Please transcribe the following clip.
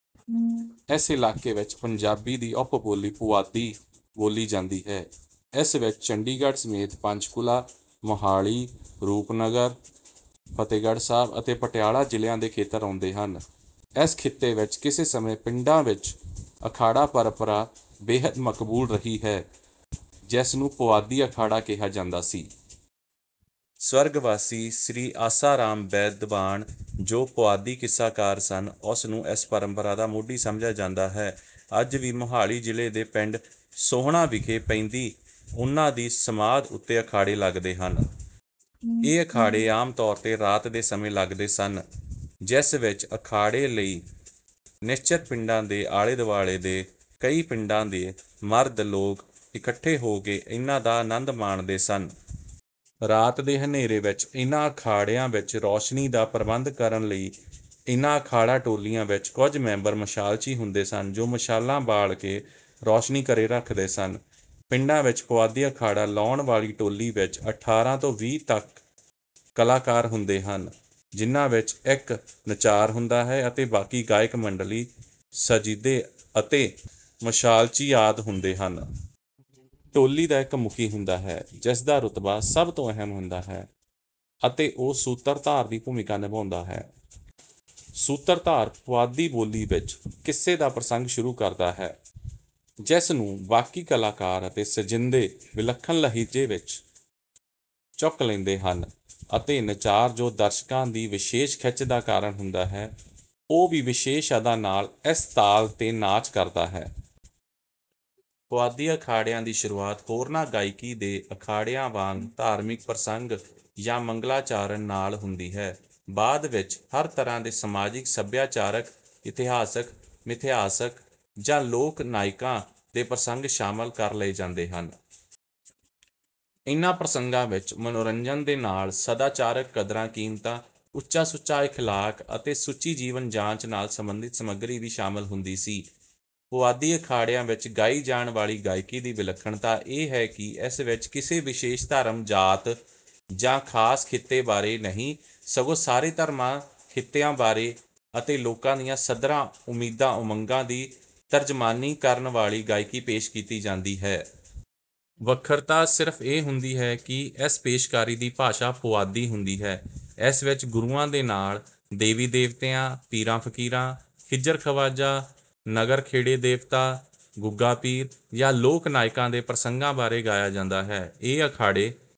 ਇਸ ਇਲਾਕੇ ਵਿੱਚ ਪੰਜਾਬੀ ਦੀ ਉੱਪ ਬੋਲੀ ਪੁਆਧੀ ਬੋਲੀ ਜਾਂਦੀ ਹੈ। ਇਸ ਵਿੱਚ ਚੰਡੀਗੜ੍ਹ ਸਮੇਤ ਪੰਚਕੁਲਾ ਮੋਹਾਲੀ ਰੂਪਨਗਰ ਫਤਿਹਗੜ੍ਹ ਸਾਹਿਬ ਅਤੇ ਪਟਿਆਲਾ ਜ਼ਿਲ੍ਹਿਆਂ ਦੇ ਖੇਤਰ ਆਉਂਦੇ ਹਨ। ਇਸ ਖਿੱਤੇ ਵਿੱਚ ਕਿਸੇ ਸਮੇਂ ਪਿੰਡਾਂ ਵਿੱਚ ਅਖਾੜਾ ਪਰੰਪਰਾ ਬੇਹੱਦ ਮਕਬੂਲ ਰਹੀ ਹੈ ਜਿਸਨੂੰ ਪੁਆਧੀ ਅਖਾੜਾ ਕਿਹਾ ਜਾਂਦਾ ਸੀ। ਸਵਰਗਵਾਸੀ ਸ੍ਰੀ ਆਸਾ ਰਾਮ ਬੈਦਵਾਣ ਜੋ ਪੁਆਧੀ ਕਿੱਸਾਕਾਰ ਸਨ ਉਨ੍ਹਾਂ ਨੂੰ ਇਸ ਪਰੰਪਰਾ ਦਾ ਮੋਢੀ ਸਮਝਿਆ ਜਾਂਦਾ ਹੈ। ਅੱਜ ਵੀ ਮੋਹਾਲੀ ਜ਼ਿਲ੍ਹੇ ਦੇ ਪਿੰਡ ਸੋਹਣਾ ਵਿਖੇ ਪੈਂਦੀ ਉਨ੍ਹਾਂ ਦੀ ਸਮਾਧ ਉੱਤੇ ਅਖਾੜੇ ਲਗਦੇ ਹਨ। ਇਹ ਅਖਾੜੇ ਆਮ ਤੌਰ ਤੇ ਰਾਤ ਦੇ ਸਮੇਂ ਲਗਦੇ ਸਨ ਜਿਸ ਵਿੱਚ ਅਖਾੜੇ ਲਈ ਨਿਸ਼ਚਿਤ ਪਿੰਡ ਦੇ ਆਲੇ ਦੁਆਲੇ ਦੇ ਕਈ ਪਿੰਡਾਂ ਦੇ ਮਰਦ ਲੋਕ ਇਕੱਠੇ ਹੋ ਕੇ ਇਹਨਾਂ ਦਾ ਆਨੰਦ ਮਾਣਦੇ ਸਨ। ਰਾਤ ਦੇ ਹਨੇਰੇ ਵਿੱਚ ਇਹਨਾਂ ਅਖਾੜਿਆਂ ਵਿੱਚ ਰੌਸ਼ਨੀ ਦਾ ਪ੍ਰਬੰਧ ਕਰਨ ਲਈ ਇਹਨਾਂ ਅਖਾੜਾ ਟੋਲੀਆਂ ਵਿੱਚ ਕੁਝ ਮੈਂਬਰ ਮਸ਼ਾਲਚੀ ਹੁੰਦੇ ਸਨ ਜੋ ਮਸ਼ਾਲਾਂ ਬਾਲ ਕੇ ਰੌਸ਼ਨੀ ਕਰੀ ਰੱਖਦੇ ਸਨ। ਪਿੰਡਾਂ ਵਿੱਚ ਪੁਆਧੀ ਅਖਾੜਾ ਲਾਉਣ ਵਾਲੀ ਟੋਲੀ ਵਿੱਚ ਅਠਾਰਾਂ ਤੋਂ ਵੀਹ ਤੱਕ ਕਲਾਕਾਰ ਹੁੰਦੇ ਹਨ ਜਿਨ੍ਹਾਂ ਵਿੱਚ ਇੱਕ ਨਚਾਰ ਹੁੰਦਾ ਹੈ ਅਤੇ ਬਾਕੀ ਗਾਇਕ ਮੰਡਲੀ ਸਾਜ਼ਿੰਦੇ ਅਤੇ ਮਸ਼ਾਲਚੀ ਆਦਿ ਹੁੰਦੇ ਹਨ। ਟੋਲੀ ਦਾ ਇੱਕ ਮੁਖੀ ਹੁੰਦਾ ਹੈ ਜਿਸ ਦਾ ਰੁਤਬਾ ਸਭ ਤੋਂ ਅਹਿਮ ਹੁੰਦਾ ਹੈ ਅਤੇ ਉਹ ਸੂਤਰਧਾਰ ਦੀ ਭੂਮਿਕਾ ਨਿਭਾਉਂਦਾ ਹੈ। ਸੂਤਰਧਾਰ ਪੁਆਧੀ ਬੋਲੀ ਵਿੱਚ ਕਿੱਸੇ ਦਾ ਪ੍ਰਸੰਗ ਸ਼ੁਰੂ ਕਰਦਾ ਹੈ ਜਿਸਨੂੰ ਬਾਕੀ ਕਲਾਕਾਰ ਅਤੇ ਸਾਜ਼ਿੰਦੇ ਵਿਲੱਖਣ ਲਹਿਜੇ ਵਿੱਚ ਚੁੱਕ ਲੈਂਦੇ ਹਨ ਅਤੇ ਨਚਾਰ ਜੋ ਦਰਸ਼ਕਾਂ ਦੀ ਵਿਸ਼ੇਸ਼ ਖਿੱਚ ਦਾ ਕਾਰਨ ਹੁੰਦਾ ਹੈ ਉਹ ਵੀ ਵਿਸ਼ੇਸ਼ ਅਦਾ ਨਾਲ ਇਸ ਤਾਲ ਤੇ ਨਾਚ ਕਰਦਾ ਹੈ। ਪੁਆਧੀ ਅਖਾੜਿਆਂ ਦੀ ਸ਼ੁਰੂਆਤ ਹੋਰਨਾਂ ਗਾਇਕੀ ਦੇ ਅਖਾੜਿਆਂ ਵਾਂਗ ਧਾਰਮਿਕ ਪ੍ਰਸੰਗ ਜਾਂ ਮੰਗਲਾਚਰਣ ਨਾਲ ਹੁੰਦੀ ਹੈ। ਬਾਅਦ ਵਿੱਚ ਹਰ ਤਰ੍ਹਾਂ ਦੇ ਸਮਾਜਿਕ ਸਭਿਆਚਾਰਕ ਇਤਿਹਾਸਕ ਮਿਥਿਹਾਸਕ ਜਾਂ ਲੋਕ ਨਾਇਕਾਂ ਦੇ ਪ੍ਰਸੰਗ ਸ਼ਾਮਲ ਕਰ ਲਏ ਜਾਂਦੇ ਹਨ। ਇਹਨਾਂ ਪ੍ਰਸੰਗਾਂ ਵਿੱਚ ਮਨੋਰੰਜਨ ਦੇ ਨਾਲ ਸਦਾਚਾਰਕ ਕਦਰਾਂ ਕੀਮਤਾਂ ਉੱਚਾ ਸੁੱਚਾ ਇਖਲਾਕ ਅਤੇ ਸੁੱਚੀ ਜੀਵਨ ਜਾਚ ਨਾਲ ਸੰਬੰਧਿਤ ਸਮੱਗਰੀ ਵੀ ਸ਼ਾਮਲ ਹੁੰਦੀ ਸੀ। ਪੁਆਧੀ ਅਖਾੜਿਆਂ ਵਿੱਚ ਗਾਈ ਜਾਣ ਵਾਲੀ ਗਾਇਕੀ ਦੀ ਵਿਲੱਖਣਤਾ ਇਹ ਹੈ ਕਿ ਇਸ ਵਿੱਚ ਕਿਸੇ ਵਿਸ਼ੇਸ਼ ਧਰਮ ਜਾਤ ਜਾਂ ਖਾਸ ਖਿੱਤੇ ਬਾਰੇ ਨਹੀਂ ਸਗੋਂ ਸਾਰੇ ਧਰਮਾਂ ਖਿੱਤਿਆਂ ਬਾਰੇ ਅਤੇ ਲੋਕਾਂ ਦੀਆਂ ਸੱਧਰਾਂ ਉਮੀਦਾਂ ਉਮੰਗਾਂ ਦੀ ਤਰਜਮਾਨੀ ਕਰਨ ਵਾਲੀ ਗਾਇਕੀ ਪੇਸ਼ ਕੀਤੀ ਜਾਂਦੀ ਹੈ। ਵੱਖਰਤਾ ਸਿਰਫ ਇਹ ਹੁੰਦੀ ਹੈ ਕਿ ਇਸ ਪੇਸ਼ਕਾਰੀ ਦੀ ਭਾਸ਼ਾ ਪੁਆਧੀ ਹੁੰਦੀ ਹੈ। ਇਸ ਵਿੱਚ ਗੁਰੂਆਂ ਦੇ ਨਾਲ ਦੇਵੀ ਦੇਵਤਿਆਂ ਪੀਰਾਂ ਫਕੀਰਾਂ ਖਿਜ਼ਰ ਖਵਾਜਾ ਨਗਰ ਖੇੜੇ ਦੇਵਤਾ ਗੁੱਗਾ ਪੀਰ ਜਾਂ ਲੋਕ ਨਾਇਕਾਂ ਦੇ ਪ੍ਰਸੰਗਾਂ ਬਾਰੇ ਗਾਇਆ ਜਾਂਦਾ ਹੈ। ਇਹ ਅਖਾੜੇ